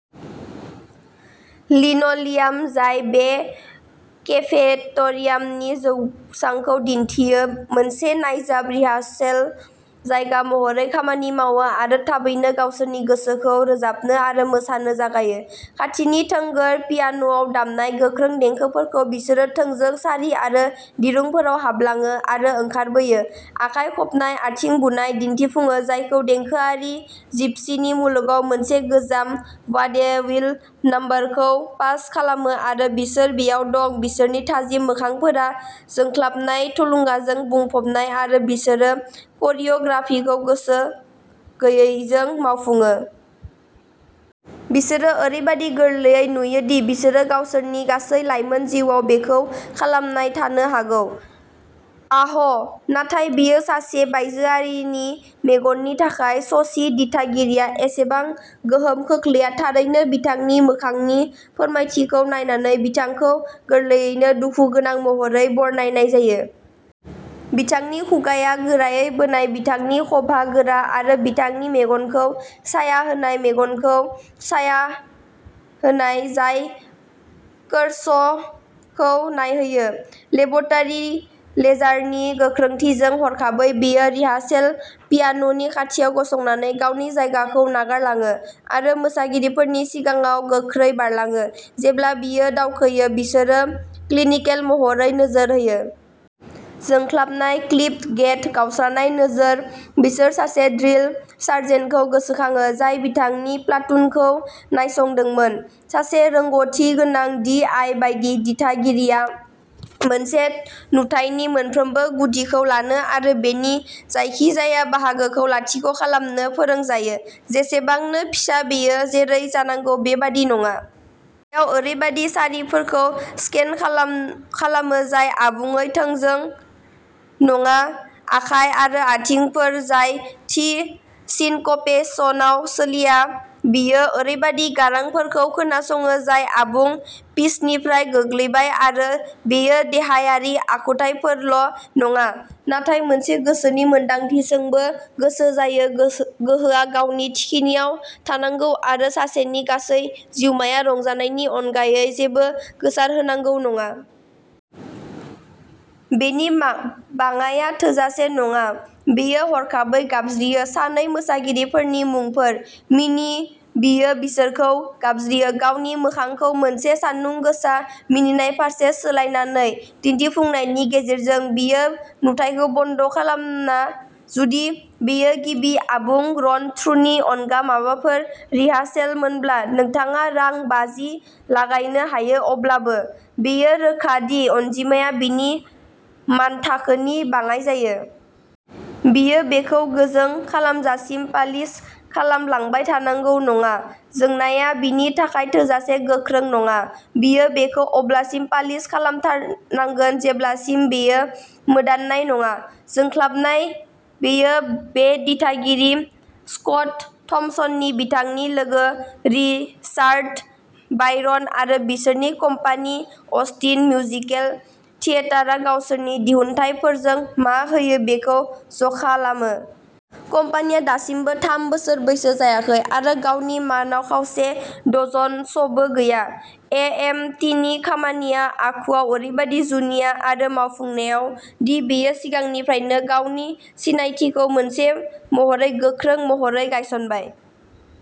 लिन'लियाम जाय बे केफेट'रियामनि जौसांखौ दिन्थियो मोनसे नायजाब रिहार्सेल जायगा महरै खामानि मावो आरो थाबैनो गावसोरनि गोसोखौ रोजाबनो आरो मोसानो जागायो। खाथिनि थोंगोर पियान'आव दामनाय गोख्रों देंखोफोराव, बिसोरो थोंजों सारि आरो दिरुंफोराव हाबलाङो आरो ओंखारबोयो, आखाइ खबनाय, आथिं बुनाय, दिन्थिफुङो जायखौ, देंखोआरि जिपसीनि मुलुगाव मोनसे गोजाम वाडेविल नम्बरखौ पास खालामो आरो बिसोर बेयाव दं बिसोरनि थाजिम मोखांफोरा जोंख्लाबनाय, थुलुंगाजों बुंफबनाय आरो बिसोरो करिय'ग्राफिखौ गोसो गैयैजों मावफुंयो। बिसोरो ओरैबादि गोरलैयै नुयो दि बिसोरो गावसोरनि गासै लाइमोन जिउआव बेखौ खालामबाय थानो हागौ। आह, नाथाय बेयो सासे बायजोआरिनि मेगननि थाखाय। श'नि दिथागिरिया एसेबां गोहोम खोख्लैया। थारैनो, बिथांनि मोखांनि फोरमायथिखौ नायनानै, बिथांखौ गोरलैयैनो दुखुगोनां महरै बरनायनाय जायो। बिथांनि खुगाआ गोरायै बोनाय, बिथांनि खभा गोरा आरो बिथांनि मेगनखौ साया होनाय, मेगनखौ साया होनाय, जाय कोरसखौ नायहैयो। लेब'रेटरी लेजारनि गोख्रोंथिजों। हरखाबै, बियो रिहार्सेल पियान'नि खाथियाव गसंनानै गावनि जायगाखौ नागारलाङो आरो मोसागिरिफोरनि सिगाङाव गोख्रै बारलाङो, जेब्ला बियो दावखोयो, बिसोरखौ क्लिनिकेल महरै नोजोर होयो। जोंख्लाबनाय, क्लिप्ड गेट, गावस्रानाय नोजोर, बिसोर सासे ड्रिल सार्जेन्टखौ गोसोखांङो, जाय बिथांनि प्लातुनखौ नायसंदोंमोन। सासे रोंग'थिगोनां डी आई बायदि, दिथागिरिया मोनसे नुथायनि मोनफ्रोमबो गुदिखौ लानो आरो बेनि जायखिजाया बाहागोखौ लाथिख' खालामनो फोरोंजायो, जेसेबांनो फिसा बेयो जेरै जानांगौ बेबादि नङा। बेयाव बियो ओरैबायदि सारिफोरखौ स्केन खालामो जाय आबुङै थोंजों नङा, आखाइ आरो आथिंफोर जाय थि सिनक'पेसनआव सोलिया; बियो ओरैबायदि गारांफोरखौ खोनासङो जाय आबुं पिचनिफ्राय गोग्लैबाय आरो बियो देहायारि आखुथायफोरल' नङा, नाथाय मोनसे गोसोनि मोनदांथिजोंबो गोसो जायो गोहोआ गावनि थिखिनियाव थानांगौ आरो सासेनि गासै जिउमाया रंजानायनि अनगायै जेबो गोसारहोनांगौ नङा। बेनि बाङाइआ थोजासे नङा। बियो हरखाबै गाबज्रियो। सानै मोसागिरिफोरनि मुंफोर। मिनि बियो बिसोरखौ गाबज्रियो, गावनि मोखांखौ मोनसे सानदुं गोसा मिनिनाय फारसे सोलायनानै दिन्थिफुंनायनि गेजेरजों। बियो नुथायखौ बन्द' खालामा जुदि बेयो गिबि आबुं रन-थ्रुनि अनगा माबाफोर रिहार्सेलमोनब्ला, नोंथाङा रां बाजि लागायनो हायो अब्लाबो, बेयो रोखा दि अनजिमाया बिनि मानथाखोनि बाङाइ जायो। बियो बेखौ गोजों खालामजासिम पालिश खालामलांबाय थानांगौ नङा, जोंनाया बिनि थाखाय थोजासे गोख्रों नङा; बियो बेखौ अब्लासिम पालिश खालामथारनांगोन जेब्लासिम बेयो मोदाननाय नङा। जोंख्लाबनाय बेयो बे दिथागिरि, स्कट थम्पसन, बिथांनि लोगो रिचार्ड बायरन आरो बिसोरनि कम्पानि अस्टिन मिउजिकेल थियेटारआ गावसोरनि दिहुनथायफोरजों मा होयो बेखौ ज'खालामो। कम्पानिआ दासिमबो थाम बोसोर बैसो जायाखै आरो गावनि मानआव खावसे-डजन श'बो गैया, एएमटीनि खामानिया आखुआव ओरैबादि जुनिया आरो मावफुंनायाव दि बेयो सिगांनिफ्रायनो गावनि सिनायथिखौ मोनसे महरै गोख्रों महरै गायसनबाय।